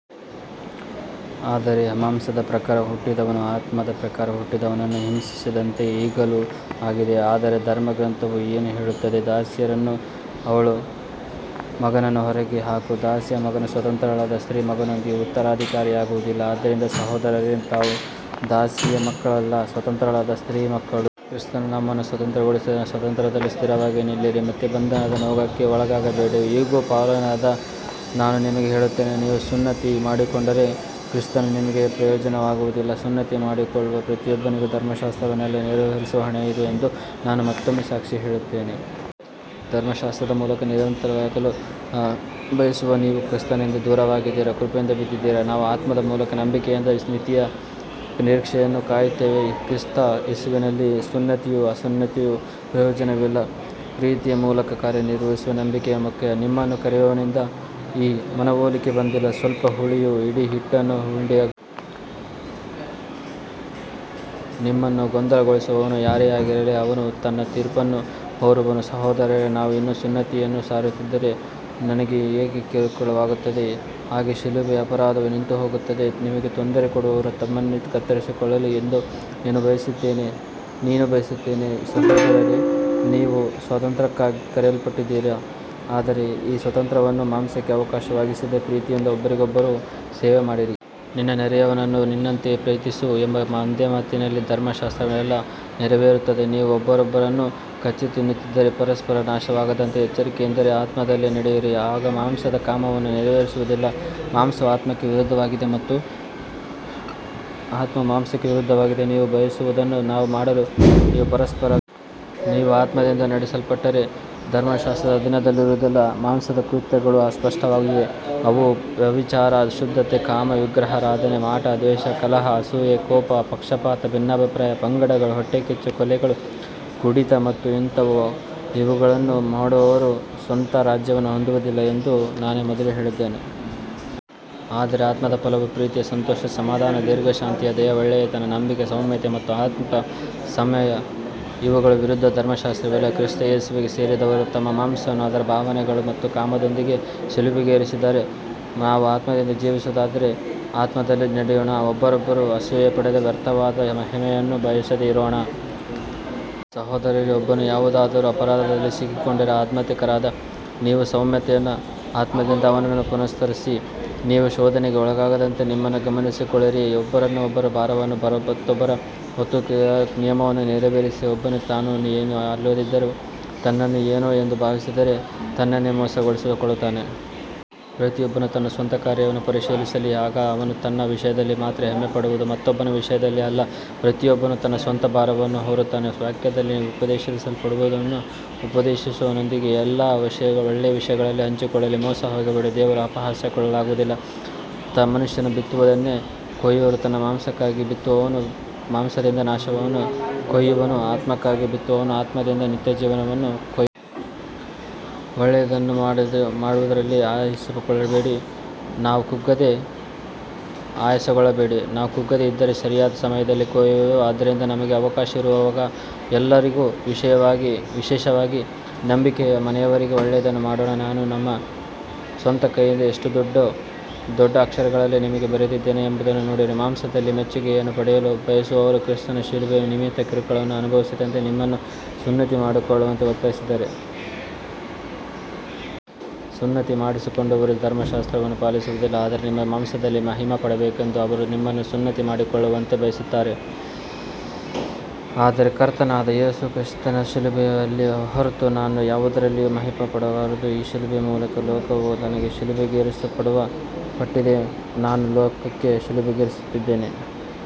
ಆದರೆ ಮಾಂಸದ ಪ್ರಕಾರ ಹುಟ್ಟಿದವನು ಆತ್ಮದ ಪ್ರಕಾರ ಹುಟ್ಟಿದವನನ್ನು ಹಿಂಸಿಸಿದಂತೆಯೇ ಈಗಲೂ ಆಗಿದೆ. ಆದರೆ ಧರ್ಮಗ್ರಂಥವು ಏನು ಹೇಳುತ್ತದೆ. ದಾಸಿಯನ್ನೂ ಅವಳ ಮಗನನ್ನೂ ಹೊರಗೆ ಹಾಕು, ದಾಸಿಯ ಮಗನು ಸ್ವತಂತ್ರಳಾದ ಸ್ತ್ರೀಯ ಮಗನೊಂದಿಗೆ ಉತ್ತರಾಧಿಕಾರಿಯಾಗುವುದಿಲ್ಲ. ಆದ್ದರಿಂದ ಸಹೋದರರೇ, ನಾವು ದಾಸಿಯ ಮಕ್ಕಳಲ್ಲ, ಸ್ವತಂತ್ರಳಾದ ಸ್ತ್ರೀಯ ಮಕ್ಕಳು. ಕ್ರಿಸ್ತನು ನಮ್ಮನ್ನು ಸ್ವತಂತ್ರಗೊಳಿಸಿದ ಸ್ವಾತಂತ್ರ್ಯದಲ್ಲಿ ಸ್ಥಿರವಾಗಿ ನಿಲ್ಲಿರಿ, ಮತ್ತೆ ಬಂಧನದ ನೊಗಕ್ಕೆ ಒಳಗಾಗಬೇಡಿ. ಇಗೋ, ಪೌಲನಾದ ನಾನು ನಿಮಗೆ ಹೇಳುತ್ತೇನೆ, ನೀವು ಸುನ್ನತಿ ಮಾಡಿಸಿಕೊಂಡರೆ ಕ್ರಿಸ್ತನು ನಿಮಗೆ ಪ್ರಯೋಜನವಾಗುವುದಿಲ್ಲ. ಸುನ್ನತಿ ಮಾಡಿಸಿಕೊಳ್ಳುವ ಪ್ರತಿಯೊಬ್ಬನಿಗೂ ಧರ್ಮಶಾಸ್ತ್ರವನ್ನೆಲ್ಲಾ ನೆರವೇರಿಸುವ ಹೊಣೆ ಇದೆ ಎಂದು ನಾನು ಮತ್ತೊಮ್ಮೆ ಸಾಕ್ಷಿ ಹೇಳುತ್ತೇನೆ. ಧರ್ಮಶಾಸ್ತ್ರದ ಮೂಲಕ ನೀತಿವಂತರಾಗಲು ಬಯಸುವ ನೀವು ಕ್ರಿಸ್ತನಿಂದ ದೂರವಾಗಿದ್ದೀರಿ, ಕೃಪೆಯಿಂದ ಬಿದ್ದಿದ್ದೀರಿ. ನಾವು ಆತ್ಮದ ಮೂಲಕ ನಂಬಿಕೆಯಿಂದ ನೀತಿಯ ನಿರೀಕ್ಷೆಯನ್ನು ಕಾಯುತ್ತೇವೆ. ಕ್ರಿಸ್ತ ಯೇಸುವಿನಲ್ಲಿ ಸುನ್ನತಿಯೂ ಅಸುನ್ನತಿಯೂ ಪ್ರಯೋಜನವಿಲ್ಲ, ಪ್ರೀತಿಯ ಮೂಲಕ ಕಾರ್ಯನಿರ್ವಹಿಸುವ ನಂಬಿಕೆಯೇ ಮುಖ್ಯ. ನಿಮ್ಮನ್ನು ಕರೆಯುವವನಿಂದ ಈ ಮನವೊಲಿಕೆ ಬಂದಿಲ್ಲ. ಸ್ವಲ್ಪ ಹುಳಿಯು ಇಡೀ ಹಿಟ್ಟನ್ನು ಹುಳಿಯಾಗಿಸುತ್ತದೆ. ನಿಮ್ಮನ್ನು ಗೊಂದಲಗೊಳಿಸುವವನು ಯಾರೇ ಆಗಿರಲಿ, ಅವನು ತನ್ನ ತೀರ್ಪನ್ನು ಹೊರುವನು. ಸಹೋದರರೇ, ನಾನು ಇನ್ನೂ ಸುನ್ನತಿಯನ್ನು ಸಾರುತ್ತಿದ್ದರೆ ನನಗೆ ಏಕೆ ಕಿರುಕುಳವಾಗುತ್ತದೆ. ಆಗ ಶಿಲುಬೆಯ ಅಪರಾಧವು ನಿಂತುಹೋಗುತ್ತದೆ. ನಿಮಗೆ ತೊಂದರೆ ಕೊಡುವವರು ತಮ್ಮನ್ನೇ ಕತ್ತರಿಸಿಕೊಳ್ಳಲಿ ಎಂದು ನಾನು ಬಯಸುತ್ತೇನೆ. ಸಹೋದರರೇ, ನೀವು ಸ್ವಾತಂತ್ರ್ಯಕ್ಕಾಗಿ ಕರೆಯಲ್ಪಟ್ಟಿದ್ದೀರಿ. ಆದರೆ ಆ ಸ್ವಾತಂತ್ರ್ಯವನ್ನು ಮಾಂಸಕ್ಕೆ ಅವಕಾಶವಾಗಿಸದೆ ಪ್ರೀತಿಯಿಂದ ಒಬ್ಬರಿಗೊಬ್ಬರು ಸೇವೆ ಮಾಡಿರಿ. ನಿನ್ನ ನೆರೆಯವನನ್ನು ನಿನ್ನಂತೆಯೇ ಪ್ರೀತಿಸು ಎಂಬ ಒಂದೇ ಮಾತಿನಲ್ಲಿ ಧರ್ಮಶಾಸ್ತ್ರವೆಲ್ಲಾ ನೆರವೇರುತ್ತದೆ. ನೀವು ಒಬ್ಬರನ್ನೊಬ್ಬರು ಕಚ್ಚಿ ತಿನ್ನುತ್ತಿದ್ದರೆ ಪರಸ್ಪರ ನಾಶವಾಗದಂತೆ ಎಚ್ಚರಿಕೆಯಿಂದಿರಿ. ಆತ್ಮದಲ್ಲಿ ನಡೆಯಿರಿ, ಆಗ ಮಾಂಸದ ಕಾಮವನ್ನು ನೆರವೇರಿಸುವುದಿಲ್ಲ. ಮಾಂಸವು ಆತ್ಮಕ್ಕೆ ವಿರುದ್ಧವಾಗಿದೆ ಮತ್ತು ಆತ್ಮವು ಮಾಂಸಕ್ಕೆ ವಿರುದ್ಧವಾಗಿದೆ. ನೀವು ಬಯಸುವುದನ್ನು ಮಾಡಲು ಇವು ಪರಸ್ಪರ ವಿರೋಧಿಸುತ್ತವೆ. ನೀವು ಆತ್ಮದಿಂದ ನಡೆಸಲ್ಪಟ್ಟರೆ ಧರ್ಮಶಾಸ್ತ್ರದ ಅಧೀನದಲ್ಲಿರುವುದಿಲ್ಲ. ಮಾಂಸದ ಕೃತ್ಯಗಳು ಸ್ಪಷ್ಟವಾಗಿವೆ, ಅವು ವ್ಯಭಿಚಾರ, ಅಶುದ್ಧತೆ, ಕಾಮ, ವಿಗ್ರಹಾರಾಧನೆ, ಮಾಟ, ದ್ವೇಷ, ಕಲಹ, ಅಸೂಯೆ, ಕೋಪ, ಪಕ್ಷಪಾತ, ಭಿನ್ನಾಭಿಪ್ರಾಯ, ಪಂಗಡಗಳು, ಹೊಟ್ಟೆಕಿಚ್ಚು, ಕೊಲೆಗಳು, ಕುಡಿತ ಮತ್ತು ಇಂಥವು. ಇವುಗಳನ್ನು ಮಾಡುವವರು ದೇವರ ರಾಜ್ಯವನ್ನು ಹೊಂದುವುದಿಲ್ಲ ಎಂದು ನಾನು ಮೊದಲೇ ಹೇಳಿದ್ದೇನೆ. ಆದರೆ ಆತ್ಮದ ಫಲವು ಪ್ರೀತಿ, ಸಂತೋಷ, ಸಮಾಧಾನ, ದೀರ್ಘಶಾಂತಿ, ದಯೆ, ಒಳ್ಳೆಯತನ, ನಂಬಿಕೆ, ಸೌಮ್ಯತೆ ಮತ್ತು ಆತ್ಮಸಂಯಮ. ಇವುಗಳ ವಿರುದ್ಧ ಧರ್ಮಶಾಸ್ತ್ರವಿಲ್ಲ. ಕ್ರಿಸ್ತ ಯೇಸುವಿಗೆ ಸೇರಿದವರು ತಮ್ಮ ಮಾಂಸವನ್ನು ಅದರ ಭಾವನೆಗಳು ಮತ್ತು ಕಾಮಗಳೊಂದಿಗೆ ಶಿಲುಬೆಗೇರಿಸಿದ್ದಾರೆ. ನಾವು ಆತ್ಮದಿಂದ ಜೀವಿಸುವವರಾದರೆ ಆತ್ಮದಲ್ಲೇ ನಡೆಯೋಣ. ಒಬ್ಬರನ್ನೊಬ್ಬರು ಅಸೂಯೆಪಡದೆ ವ್ಯರ್ಥವಾದ ಮಹಿಮೆಯನ್ನು ಬಯಸದೆ ಇರೋಣ. ಸಹೋದರರೇ, ಒಬ್ಬನು ಯಾವುದಾದರೂ ಅಪರಾಧದಲ್ಲಿ ಸಿಕ್ಕಿಕೊಂಡರೆ ಆಧ್ಯಾತ್ಮಿಕರಾದ ನೀವು ಸೌಮ್ಯತೆಯ ಆತ್ಮದಿಂದ ಅವನನ್ನು ಪುನಃಸ್ಥಾಪಿಸಿರಿ. ನೀವೂ ಶೋಧನೆಗೆ ಒಳಗಾಗದಂತೆ ನಿಮ್ಮನ್ನು ಗಮನಿಸಿಕೊಳ್ಳಿರಿ. ಒಬ್ಬರ ಭಾರವನ್ನು ಮತ್ತೊಬ್ಬರು ಹೊತ್ತು ಕ್ರಿಸ್ತನ ನಿಯಮವನ್ನು ನೆರವೇರಿಸಿರಿ. ಒಬ್ಬನು ತಾನು ಏನೂ ಅಲ್ಲದಿದ್ದರೂ ತನ್ನನ್ನು ಏನೋ ಎಂದು ಭಾವಿಸಿದರೆ ತನ್ನನ್ನೇ ಮೋಸಗೊಳಿಸಿಕೊಳ್ಳುತ್ತಾನೆ. ಪ್ರತಿಯೊಬ್ಬನು ತನ್ನ ಸ್ವಂತ ಕಾರ್ಯವನ್ನು ಪರಿಶೀಲಿಸಲಿ. ಆಗ ಅವನು ತನ್ನ ವಿಷಯದಲ್ಲಿ ಮಾತ್ರ ಹೆಮ್ಮೆಪಡಬಹುದು, ಮತ್ತೊಬ್ಬನ ವಿಷಯದಲ್ಲಿ ಅಲ್ಲ. ಪ್ರತಿಯೊಬ್ಬನು ತನ್ನ ಸ್ವಂತ ಭಾರವನ್ನು ಹೊರುತ್ತಾನೆ. ವಾಕ್ಯದಲ್ಲಿ ಉಪದೇಶಿಸಲ್ಪಡುವವನು ಉಪದೇಶಿಸುವವನೊಂದಿಗೆ ಎಲ್ಲಾ ಒಳ್ಳೆಯ ವಿಷಯಗಳಲ್ಲಿ ಹಂಚಿಕೊಳ್ಳಲಿ. ಮೋಸಹೋಗಬೇಡಿ, ದೇವರು ಅಪಹಾಸ್ಯಕ್ಕೊಳಗಾಗುವುದಿಲ್ಲ. ಮನುಷ್ಯನು ಬಿತ್ತುವುದನ್ನೇ ಕೊಯ್ಯುವನು. ತನ್ನ ಮಾಂಸಕ್ಕಾಗಿ ಬಿತ್ತುವವನು ಮಾಂಸದಿಂದ ನಾಶವನ್ನು ಕೊಯ್ಯುವನು, ಆತ್ಮಕ್ಕಾಗಿ ಬಿತ್ತುವವನು ಆತ್ಮದಿಂದ ನಿತ್ಯಜೀವವನ್ನು ಕೊಯ್ಯುವನು. ಒಳ್ಳೆಯದನ್ನು ಮಾಡುವುದರಲ್ಲಿ ಆಯಾಸಗೊಳ್ಳಬೇಡಿ. ನಾವು ಕುಗ್ಗದೆ ಇದ್ದರೆ ಸರಿಯಾದ ಸಮಯದಲ್ಲಿ ಕೊಯ್ಯುವೆವು. ಆದ್ದರಿಂದ ನಮಗೆ ಅವಕಾಶವಿರುವಾಗ ಎಲ್ಲರಿಗೂ, ವಿಶೇಷವಾಗಿ ನಂಬಿಕೆಯ ಮನೆಯವರಿಗೆ, ಒಳ್ಳೆಯದನ್ನು ಮಾಡೋಣ. ನಾನು ನನ್ನ ಸ್ವಂತ ಕೈಯಿಂದ ಎಷ್ಟು ದೊಡ್ಡ ಅಕ್ಷರಗಳಲ್ಲಿ ನಿಮಗೆ ಬರೆದಿದ್ದೇನೆ ಎಂಬುದನ್ನು ನೋಡಿರಿ. ಮಾಂಸದಲ್ಲಿ ಮೆಚ್ಚುಗೆಯನ್ನು ಪಡೆಯಲು ಬಯಸುವವರು ಕ್ರಿಸ್ತನ ಶಿಲುಬೆಯ ನಿಮಿತ್ತ ಕಿರುಕುಳವನ್ನು ಅನುಭವಿಸದಂತೆ ನಿಮ್ಮನ್ನು ಸುನ್ನತಿ ಮಾಡಿಸಿಕೊಳ್ಳುವಂತೆ ಒತ್ತಾಯಿಸುತ್ತಾರೆ. ಸುನ್ನತಿ ಮಾಡಿಸಿಕೊಂಡವರೇ ಧರ್ಮಶಾಸ್ತ್ರವನ್ನು ಪಾಲಿಸುವುದಿಲ್ಲ, ಆದರೆ ನಿಮ್ಮ ಮಾಂಸದಲ್ಲಿ ಮಹಿಮೆಪಡಬೇಕೆಂದು ಅವರು ನಿಮ್ಮನ್ನು ಸುನ್ನತಿ ಮಾಡಿಸಿಕೊಳ್ಳುವಂತೆ ಬಯಸುತ್ತಾರೆ. ಆದರೆ ನಮ್ಮ ಕರ್ತನಾದ ಯೇಸು ಕ್ರಿಸ್ತನ ಶಿಲುಬೆಯಲ್ಲಿ ಹೊರತು ನಾನು ಯಾವುದರಲ್ಲಿಯೂ ಮಹಿಮೆಪಡಬಾರದು. ಆ ಶಿಲುಬೆಯ ಮೂಲಕ ಲೋಕವು ನನಗೆ ಶಿಲುಬೆಗೇರಿಸಲ್ಪಟ್ಟಿದೆ ಮತ್ತು ನಾನು ಲೋಕಕ್ಕೆ ಶಿಲುಬೆಗೇರಿಸಲ್ಪಟ್ಟಿದ್ದೇನೆ.